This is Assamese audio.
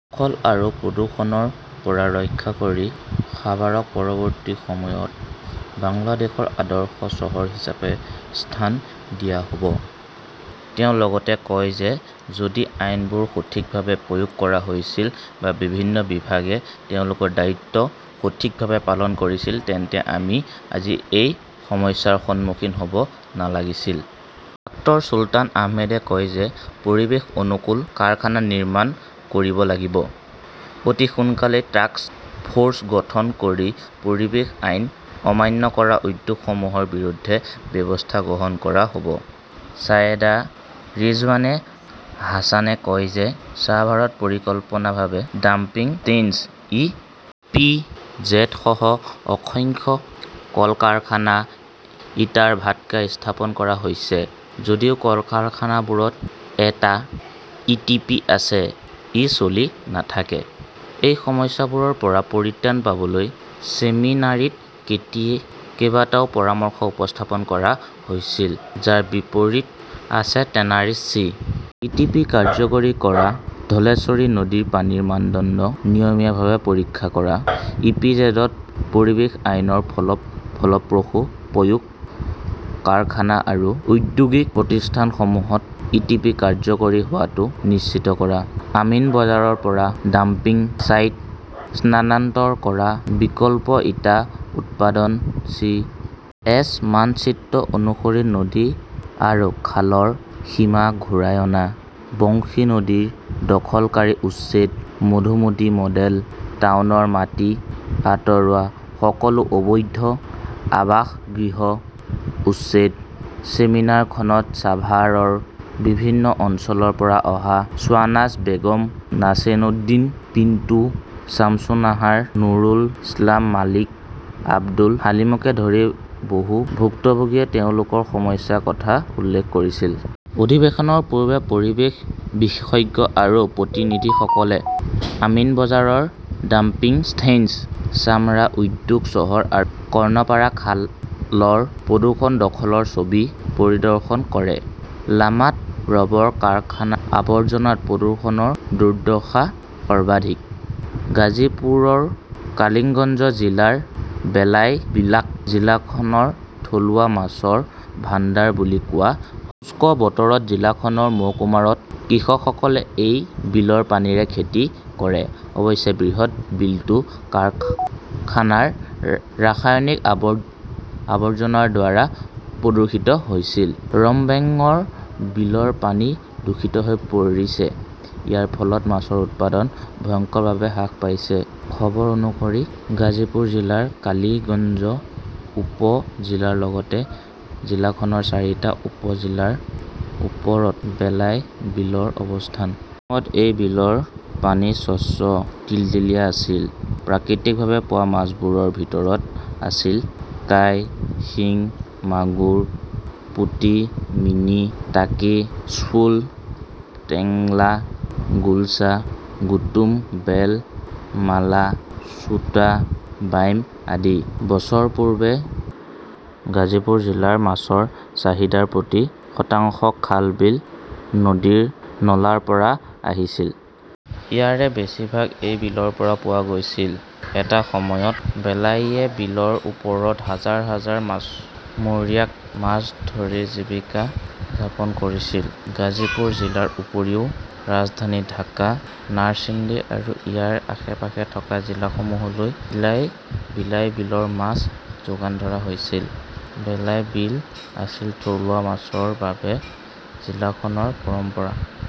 দখল আৰু প্ৰদূষণৰ পৰা ৰক্ষা কৰি সাৱাৰক পৰৱৰ্তী সময়ত বাংলাদেশৰ আদৰ্শ চহৰ হিচাপে স্থান দিয়া হ'ব। তেওঁ লগতে কয় যে যদি আইনবোৰ সঠিকভাৱে প্ৰয়োগ কৰা হৈছিল বা বিভিন্ন বিভাগে তেওঁলোকৰ দায়িত্ব সঠিকভাৱে পালন কৰিছিল তেন্তে আমি আজি এই সমস্যাৰ সন্মুখীন হ'ব নালাগিছিল। ডক্টৰ চুলতান আহমেদে কয় যে পৰিৱেশ অনুকূল কাৰখানা নিৰ্মাণ কৰিব লাগিব। অতি সোনকালেই টাস্ক ফ'ৰ্চ গঠন কৰি পৰিৱেশ আইন অমান্য কৰা উদ্যোগসমূহৰ বিৰুদ্ধে ব্যৱস্থা গ্ৰহণ কৰা হব। ছায়েদা ৰিজৱানা হাছানে কয় যে ছাভাৰত পৰিকল্পিতভাৱে dumping station, E. P. Z. সহ অসংখ্য কল-কাৰখানা, ইটাৰ ভাটকা স্থাপন কৰা হৈছে। যদিও কাৰখানাবোৰত এটা ই. টি. পি. আছে, ই চলি নাথাকে। এই সমস্যাবোৰৰ পৰা পৰিত্ৰাণ পাবলৈ ছেমিনাৰীত কেইবাটাও পৰামৰ্শ উপস্থাপন কৰা হৈছিল, যাৰ ভিতৰত আছে টেনাৰীৰ চি. ই. টি. পি. কাৰ্যকৰী কৰা, ধলেশ্বৰী নদীৰ পানীৰ মানদণ্ড নিয়মীয়াভাৱে পৰীক্ষা কৰা, ই. পি. জেড. ত পৰিৱেশ আইনৰ ফলপ্ৰসূ প্ৰয়োগ কাৰখানা আৰু ঔদ্যোগিক প্ৰতিষ্ঠানসমূহত ই. টি. পি. কাৰ্যকৰী হোৱাটো নিশ্চিত কৰা, আমিনবাজৰৰ পৰা ডাম্পিং ছাইট স্থানান্তৰ কৰা, বিকল্প ইটা উৎপাদন, চি. এছ. মানচিত্ৰ অনুসৰি নদী আৰু খালৰ সীমা ঘূৰাই অনা, বংশী নদীৰ দখলকাৰী উচ্ছেদ, মধুমতী মডেল টাউনৰ মাটি আঁতৰোৱা, সকলো অবৈধ আৱাসগৃহ উচ্ছেদ। ছেমিনাৰখনত ছাভাৰৰ বিভিন্ন অঞ্চলৰ পৰা অহা শ্বাহনাজ বেগম, নাছিৰউদ্দিন পিণ্টু, ছামছুন্নাহাৰ, নুৰুল ইছলাম মল্লিক, আব্দুল হালিমকে ধৰি বহু ভুক্তভোগীয়ে তেওঁলোকৰ সমস্যাৰ কথা উল্লেখ কৰিছিল। অধিৱেশনৰ পূৰ্বে পৰিৱেশ বিশেষজ্ঞ আৰু প্ৰতিনিধিসকলে আমিনবাজাৰ ডাম্পিং ষ্টেচন, চামৰা উদ্যোগ চহৰ আৰু কৰ্ণপাৰা খালৰ প্ৰদূষণ দখলৰ ছবি পৰিদৰ্শন কৰে। লামাত ৰবৰ কাৰখানাৰ আৱৰ্জনাত প্ৰদূষণৰ দুৰ্দশা সৰ্বাধিক। গাজীপুৰৰ কালিগঞ্জ জিলাৰ বেলাই বিলক জিলাখনৰ থলুৱা মাছৰ ভাণ্ডাৰ বুলি কোৱা হয়। শুষ্ক বতৰত জিলাখনৰ মহকুমাত কৃষকসকলে এই বিলৰ পানীৰে খেতি কৰে। অৱশ্যে বৃহৎ বিলটো কাৰখানাৰ ৰাসায়নিক আৱৰ্জনাৰ দ্বাৰা প্ৰদূষিত হৈছিল। ৰমবেৰঙৰ বিলৰ পানী দূষিত হৈ পৰিছে। ইয়াৰ ফলত মাছৰ উৎপাদন ভয়ংকৰভাৱে হ্ৰাস পাইছে। খবৰ অনুসৰি গাজীপুৰ জিলাৰ কালিগঞ্জ উপ-জিলাৰ লগতে জিলাখনৰ চাৰিটা উপ-জিলাৰ ওচৰত বেলাই বিলৰ অৱস্থান। এসময়ত এই বিলৰ পানী স্বচ্ছ টলটলিয়া আছিল। প্ৰাকৃতিকভাৱে পোৱা মাছবোৰৰ ভিতৰত আছিল কাই, শিঙ, মাগুৰ, পুটি, মিনি, টাকি, শ্বোল, টেংৰা, গুলছা, গুতুম, বেল, মালা, চোটা বাইম আদি। বছৰ পূৰ্বে গাজীপুৰ জিলাৰ মাছৰ চাহিদাৰ প্ৰতি শতাংশ খাল-বিল, নদীৰ নলাৰ পৰা আহিছিল। ইয়াৰে বেছি ভাগ এই বিলৰ পৰা পোৱা গৈছিল। এটা সময়ত বেলাইয়ে বিলৰ ওচৰৰ হাজাৰ হাজাৰ মাছমৰীয়াত মাছ ধৰি জীৱিকা যাপন কৰিছিল। গাজীপুৰ জিলাৰ উপৰিও ৰাজধানী ঢাকা, নাৰ্ছিণ্ডি আৰু ইয়াৰ আশে-পাশে থকা জিলাসমূহলৈ বেলাই বিলৰ মাছ যোগান ধৰা হৈছিল। বেলাই বিল আছিল থলুৱা মাছৰ বাবে জিলাখনৰ পৰম্পৰা।